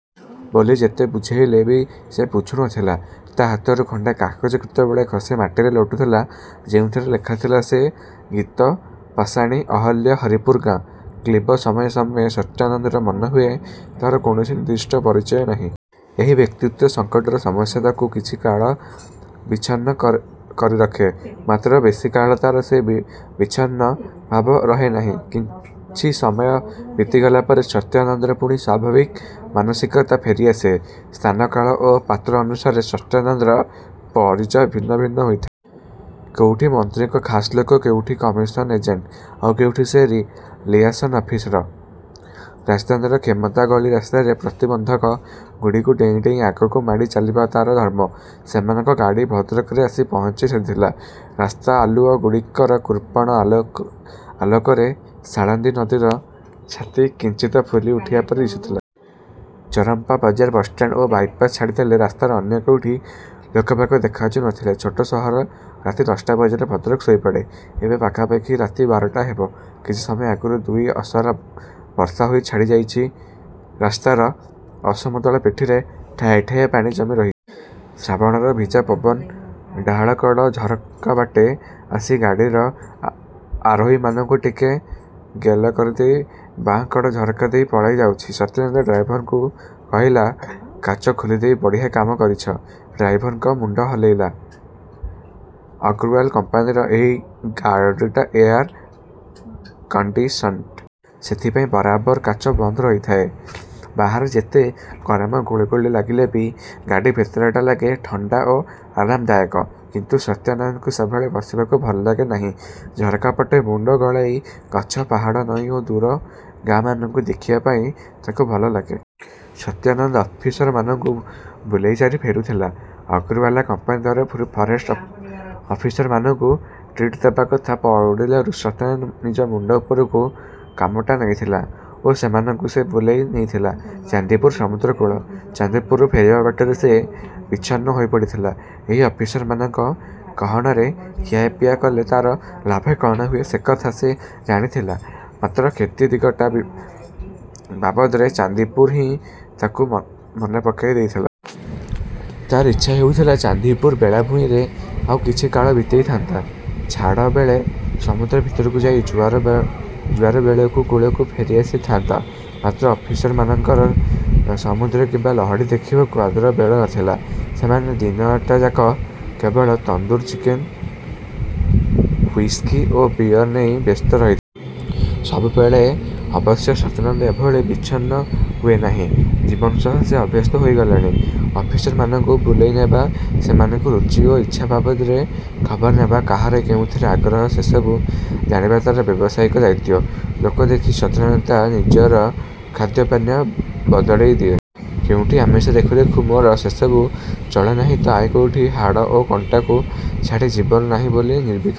ବୋଲି ଯେତେ ବୁଝେଇଲେ ବି ସେ ବୁଝୁ ନଥିଲା। ତା ହାତରୁ ଖଣ୍ଡେ କାଗଜ କେତେବେଳେ ଖସି ମାଟିରେ ଲୋଟୁଥିଲା, ଯେଉଁଥିରେ ଲେଖାଥିଲା ସେ ଗୀତ ପାଷାଣୀ ଅହଲ୍ୟା ହରିପୁର ଗାଁ। କ୍ଳୀବ ସମୟେ ସମୟେ ସତ୍ୟାନନ୍ଦର ମନେହୁଏ, ତାର କୌଣସି ନିର୍ଦ୍ଦିଷ୍ଟ ପରିଚୟ ନାହିଁ। ଏଇ ବ୍ୟକ୍ତିତ୍ୱ ସଙ୍କଟର ସମସ୍ୟା ତାକୁ କିଛି କାଳ ବିଷଣ୍ଣ କରିରଖେ। ମାତ୍ର ବେଶିକାଳ ତାର ସେ ବିଷଣ୍ଣ ଭାବ ରହେନାହିଁ। କିଛି ସମୟ ବିତିଗଲା ପରେ ସତ୍ୟାନନ୍ଦର ପୁଣି ସ୍ୱାଭାବିକ ମାନସିକତା ଫେରିଆସେ। ସ୍ଥାନ, କାଳ ଓ ପାତ୍ର ଅନୁସାରେ ସତ୍ୟାନନ୍ଦର ପରିଚୟ ଭିନ୍ନ ଭିନ୍ନ ହୋଇଥାଏ। କୋଉଠି ମନ୍ତ୍ରୀଙ୍କ ଖାସ୍ ଲୋକ, କୋଉଠି କମିଶନ ଏଜେଣ୍ଟ, ଆଉ କୋଉଠି ସେ ଲିଆସନ ଅଫିସର। ରାଜଧାନୀର କ୍ଷମତା ଗଳି ରାସ୍ତାରେ ପ୍ରତିବନ୍ଧକ ଗୁଡ଼ିକୁ ଡେଇଁ ଡେଇଁ ଆଗକୁ ମାଡ଼ି ଚାଲିବା ତାର ଧର୍ମ। ସେମାନଙ୍କ ଗାଡ଼ି ଭଦ୍ରକରେ ଆସି ପହଞ୍ଚି ସାରିଥିଲା। ରାସ୍ତା ଆଲୁଅ ଗୁଡ଼ିକର କୃପଣ ଆଲୋକରେ ସାଳନ୍ଦୀ ନଦୀର ଛାତି କିଞ୍ଚିତ ଫୁଲି ଉଠିବା ପରି ଦିଶୁଥିଲା। ଚରମ୍ପା ବଜାର ବସ୍‌ଷ୍ଟାଣ୍ଡ ଓ ବାଇପାସ୍ ଛାଡ଼ିଦେଲେ ରାସ୍ତାର ଅନ୍ୟ କୋଉଠି ଲୋକବାକ ଦେଖାଯାଉ ନଥିଲେ। ଛୋଟ ସହର। ରାତି ଦଶଟା ବାଜିଲେ ଭଦ୍ରକ ଶୋଇପଡ଼େ। ଏବେ ପାଖାପାଖି ରାତି ବାରଟା ହେବ। କିଛି ସମୟ ଆଗରୁ ଦୁଇ ଅସରା ବର୍ଷା ହୋଇ ଛାଡ଼ିଯାଇଛି। ରାସ୍ତାର ଅସମତଳ ପିଠିରେ ଠାଏ ଠାଏ ପାଣି ଜମି ରହିଛି। ଶ୍ରାବଣର ଭିଜା ପବନ ଡାହାଣକଡ଼ ଝରକାବାଟେ ଆସି, ଗାଡ଼ିର ଆରୋହୀମାନଙ୍କୁ ଟିକେ ଗେଲ କରିଦେଇ ବାଁ କଡ଼ ଝରକା ଦେଇ ପଳେଇ ଯାଉଛି। ସତ୍ୟାନନ୍ଦ ଡ୍ରାଇଭରକୁ କହିଲା, "କାଚ ଖୋଲିଦେଇ ବଢ଼ିଆ କାମ କରିଛ।" ଡ୍ରାଇଭର ମୁଣ୍ଡ ହଲେଇଲା। ଅଗ୍ରୱାଲା କମ୍ପାନିର ଏହି ଗାଡ଼ିଟା ଏୟାର କଣ୍ଡିସନ୍‌ଡ। ସେଥିପାଇଁ ବରାବର କାଚ ବନ୍ଦ ରହିଥାଏ। ବାହାରେ ଯେତେ ଗରମ ଓ ଗୁଳୁଗୁଳି ଲାଗିଲେ ବି ଗାଡ଼ି ଭିତରଟା ଲାଗେ ଥଣ୍ଡା ଓ ଆରାମଦାୟକ। କିନ୍ତୁ ସତ୍ୟାନନ୍ଦକୁ ସେଭଳି ବସିବାକୁ ଭଲ ଲାଗେ ନାହିଁ। ଝରକାପଟେ ମୁଣ୍ଡ ଗଳାଇ ଗଛ, ପାହାଡ଼, ନଈ ଓ ଦୂର ଗାଁମାନଙ୍କୁ ଦେଖିବା ପାଇଁ ତାକୁ ଭଲ ଲାଗେ। ସତ୍ୟାନନ୍ଦ ଅଫିସରମାନଙ୍କୁ ବୁଲେଇସାରି ଫେରୁଥିଲା। ଅଗ୍ରୱାଲା କମ୍ପାନି ତରଫରୁ ଫରେଷ୍ଟ ଅଫିସରମାନଙ୍କୁ 'ଟ୍ରିଟ' ଦେବା କଥା ପଡ଼ିଲାରୁ ସତ୍ୟାନନ୍ଦ ନିଜ ମୁଣ୍ଡ ଉପରକୁ କାମଟା ନେଇଥିଲା ଓ ସେମାନଙ୍କୁ ସେ ବୁଲେଇ ନେଇଥିଲା ଚାନ୍ଦିପୁର ସମୁଦ୍ରକୂଳ। ଚାନ୍ଦିପୁରରୁ ଫେରିବା ବାଟରେ ସେ ବିଷଣ୍ଣ ହୋଇପଡ଼ିଥିଲା। ଏହି ଅଫିସରମାନଙ୍କ ଗହଣରେ ଖିଆପିଆ କଲେ ତାର ଲାଭ କଣ ହୁଏ ସେକଥା ସେ ଜାଣିଥିଲା, ମାତ୍ର କ୍ଷତି ଦିଗଟା ବାବଦରେ ଚାନ୍ଦିପୁର ହିଁ ତାକୁ ମନେ ପକାଇ ଦେଇଥିଲା। ତାର ଇଚ୍ଛା ହେଉଥିଲା ଚାନ୍ଦିପୁର ବେଳାଭୂଇଁରେ ଆଉ କିଛି କାଳ ବିତେଇ ଥାଆନ୍ତା। ଛାଡ଼ ବେଳେ ସମୁଦ୍ର ଭିତରକୁ ଯାଇ ଜୁଆର ବେଳକୁ କୂଳକୁ ଫେରିଆସି ଥାଆନ୍ତା। ମାତ୍ର ଅଫିସରମାନଙ୍କର ସମୁଦ୍ର କିମ୍ବା ଲହଡ଼ି ଦେଖିବାକୁ ଆଦୌ ବେଳ ନଥିଲା। ସେମାନେ ଦିନଟାଯାକ କେବଳ ତନ୍ଦୁର ଚିକେନ, ହୁଇସ୍କି ଓ ବିଅର ନେଇ ବ୍ୟସ୍ତ ରହିଥିଲେ। ସବୁବେଳେ ଅବଶ୍ୟ ସତ୍ୟାନନ୍ଦ ଏଭଳି ବିଷଣ୍ଣ ହୁଏ ନାହିଁ। ଜୀବନ ସହ ସେ ଅଭ୍ୟସ୍ତ ହୋଇଗଲାଣି। ଅଫିସରମାନଙ୍କୁ ବୁଲେଇନେବା, ସେମାନଙ୍କ ରୁଚି ଓ ଇଚ୍ଛା ବାବଦରେ ଖବର ନେବା, କାହାର କେଉଁଥିରେ ଆଗ୍ରହ ସେସବୁ ଜାଣିବା ତାର ବ୍ୟବସାୟିକ ଦାୟିତ୍ୱ। ଲୋକ ଦେଖି ସତ୍ୟାନନ୍ଦ ତା ନିଜର ଖାଦ୍ୟ-ପାନୀୟ ବଦଳେଇ ଦିଏ। କୋଉଠି ଆମିଷ ଦେଖୁ ଦେଖୁ, ମୋର 'ସେସବୁ ଚଳେ ନାହିଁ' ତ ଆଉ କୋଉଠି 'ହାଡ଼ ଓ କଣ୍ଟାକୁ ଛାଡ଼ି ଜୀବନ ନାହିଁ' ବୋଲି ନିର୍ବିକାର।